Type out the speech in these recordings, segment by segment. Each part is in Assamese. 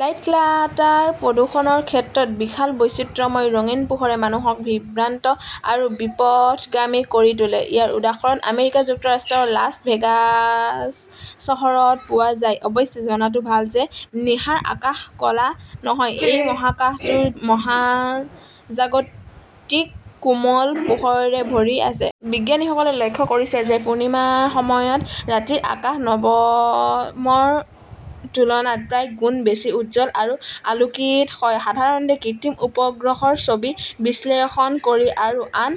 'লাইট ক্লাটাৰ "প্ৰদূষণৰ ক্ষেত্ৰত বিশাল বৈচিত্ৰ্যময় ৰঙীন পোহৰে মানুহক বিভ্ৰান্ত আৰু বিপথগামী কৰি তোলে। ইয়াৰ উদাহৰণ আমেৰিকা যুক্তৰাষ্ট্ৰৰ লাছ ভেগাছ চহৰত পোৱা যায়। অৱশ্যে, জনাটো ভাল যে নিশাৰ আকাশ ক 'লা নহয়। এই মহাকাশটো মহাজাগতিক কোমল পোহৰেৰে ভৰি আছে। বিজ্ঞানীসকলে লক্ষ্য কৰিছে যে পূৰ্ণিমাৰ সময়ত ৰাতিৰ আকাশ নৱমৰ তুলনাত প্ৰায় গুণ বেছি উজ্জ্বল আৰু আলোকিত হয়। সাধাৰণতে কৃত্ৰিম উপগ্ৰহৰ ছবি বিশ্লেষণ কৰি আৰু আন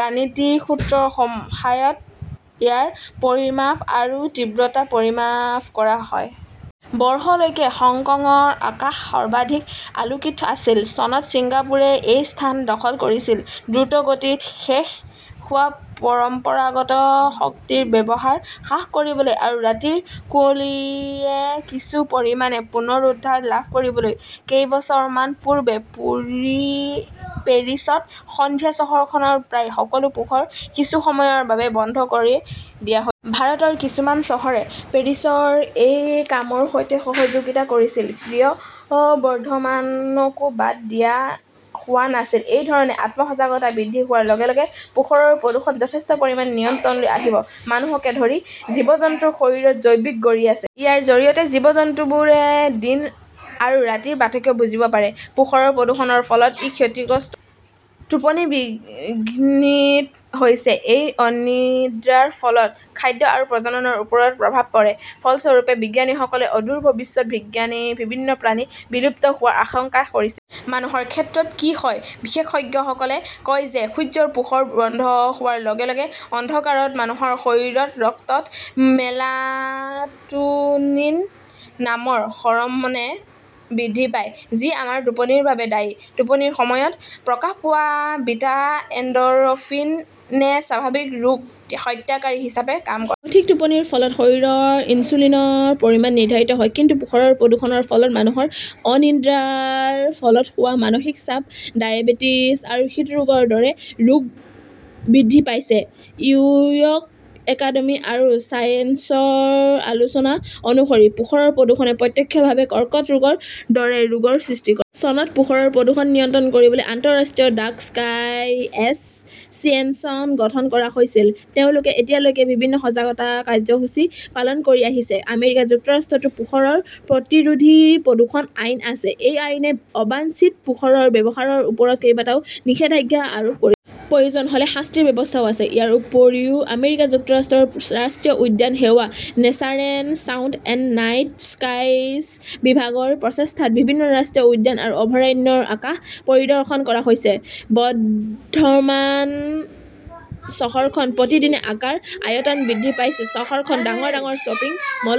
গাণিতিক সূত্ৰৰ সহায়ত ইয়াৰ পৰিমাপ আৰু তীব্ৰতা পৰিমাপ কৰা হয়। -' বৰ্ষলৈকে হংকংৰ আকাশ সৰ্বাধিক আলোকিত আছিল। চনত ছিংগাপুৰে এই স্থান দখল কৰিছিল। দ্ৰুতগতিত শেষ হোৱা পৰম্পৰাগত শক্তিৰ ব্যৱহাৰ হ্ৰাস কৰিবলৈ আৰু ৰাতিৰ কুঁৱলীয়ে কিছু পৰিমাণে পুনৰুদ্ধাৰ লাভ কৰিবলৈ কেইবছৰমান পূৰ্বে পেৰিছত সন্ধিয়া চহৰখনৰ প্ৰায় সকলো পোহৰ কিছু সময়ৰ বাবে বন্ধ কৰি দিয়া হৈছিল। ভাৰতৰ কিছুমান চহৰে পেৰিছৰ এই কামৰ সৈতে সহযোগিতা কৰিছিল। প্ৰিয় বৰ্ধমানকো বাদ দিয়া হোৱা নাছিল। এই ধৰণে আত্ম-সজাগতা বৃদ্ধি হোৱাৰ লগে লগে পোহৰৰ প্ৰদূষণ যথেষ্ট পৰিমাণে নিয়ন্ত্ৰণলৈ আহিব। মানুহকে ধৰি জীৱ-জন্তুৰ শৰীৰত 'জৈৱিক ঘড়ী "আছে। ইয়াৰ জৰিয়তে জীৱ-জন্তুবোৰে দিন আৰু ৰাতিৰ পাৰ্থক্য বুজিব পাৰে। পোহৰৰ প্ৰদূষণৰ ফলত ই ক্ষতিগ্ৰস্ত হৈছে। টোপনি বিঘ্নিত হৈছে। এই অনিদ্ৰাৰ ফলত খাদ্য আৰু প্ৰজননৰ ওপৰত প্ৰভাৱ পৰে। ফলস্বৰূপে, বিজ্ঞানীসকলে অদূৰ ভৱিষ্যতে বিভিন্ন প্ৰাণী বিলুপ্ত হোৱাৰ আশংকা কৰিছে। মানুহৰ ক্ষেত্ৰত কি হয়? বিশেষজ্ঞসকলে কয় যে সূৰ্যৰ পোহৰ বন্ধ হোৱাৰ লগে লগে অন্ধকাৰত মানুহৰ শৰীৰত ৰক্তত 'মেলাটোনিন "নামৰ হৰম" ন বৃদ্ধি পায়। যি আমাৰ টোপনিৰ বাবে দায়ী। টোপনিৰ সময়ত প্ৰকাশ পোৱা 'বিটা এণ্ডৰফিন "-এ স্বাভাৱিক' ৰোগ হত্যাকাৰী" হিচাপে কাম কৰে। সঠিক টোপনিৰ ফলত শৰীৰত ইনচুলিনৰ পৰিমাণ নিৰ্ধাৰণ হয়। কিন্তু পোহৰৰ প্ৰদূষণৰ ফলত মানুহৰ অনিদ্ৰাৰ ফলত হোৱা মানসিক চাপ, ডায়েবেটিছ আৰু হৃদৰোগৰ দৰে ৰোগ বৃদ্ধি পাইছে। নিউয়ৰ্ক একাডেমী অৱ ছায়েন্সৰ আলোচনা অনুসৰি, পোহৰৰ প্ৰদূষণে প্ৰত্যক্ষভাৱে কৰ্কট ৰোগৰ দৰে ৰোগৰ সৃষ্টি কৰে। চনত পোহৰৰ প্ৰদূষণ নিয়ন্ত্ৰণ কৰিবলৈ আন্তঃৰাষ্ট্ৰীয় ডাৰ্ক স্কাই এছ "চিয়েশ্যন গঠন কৰা হৈছিল। তেওঁলোকে এতিয়ালৈকে বিভিন্ন সজাগতা কাৰ্যসূচী পালন কৰি আহিছে। আমেৰিকা যুক্তৰাষ্ট্ৰতো পোহৰৰ প্ৰতিৰোধী প্ৰদূষণ আইন আছে। এই আইনে অবাঞ্ছিত পোহৰৰ ব্যৱহাৰৰ ওপৰত কেইবাটাও নিষেধাজ্ঞা আৰোপ কৰিছে। প্ৰয়োজন হ "লে শাস্তিৰ ব্যৱস্থাও আছে। ইয়াৰ উপৰিও আমেৰিকা যুক্তৰাষ্ট্ৰৰ ৰাষ্ট্ৰীয় উদ্যান সেৱাৰ natural sound and night skies বিভাগৰ প্ৰচেষ্টাত বিভিন্ন ৰাষ্ট্ৰীয় উদ্যান আৰু অভয়াৰণ্যৰ আকাশ পৰিদৰ্শন কৰা হৈছে। বৰ্ধমান চহৰখন প্ৰতিদিনে আকাৰ, আয়তন বৃদ্ধি পাইছে। চহৰখন ডাঙৰ ডাঙৰ শ্বপিং মল,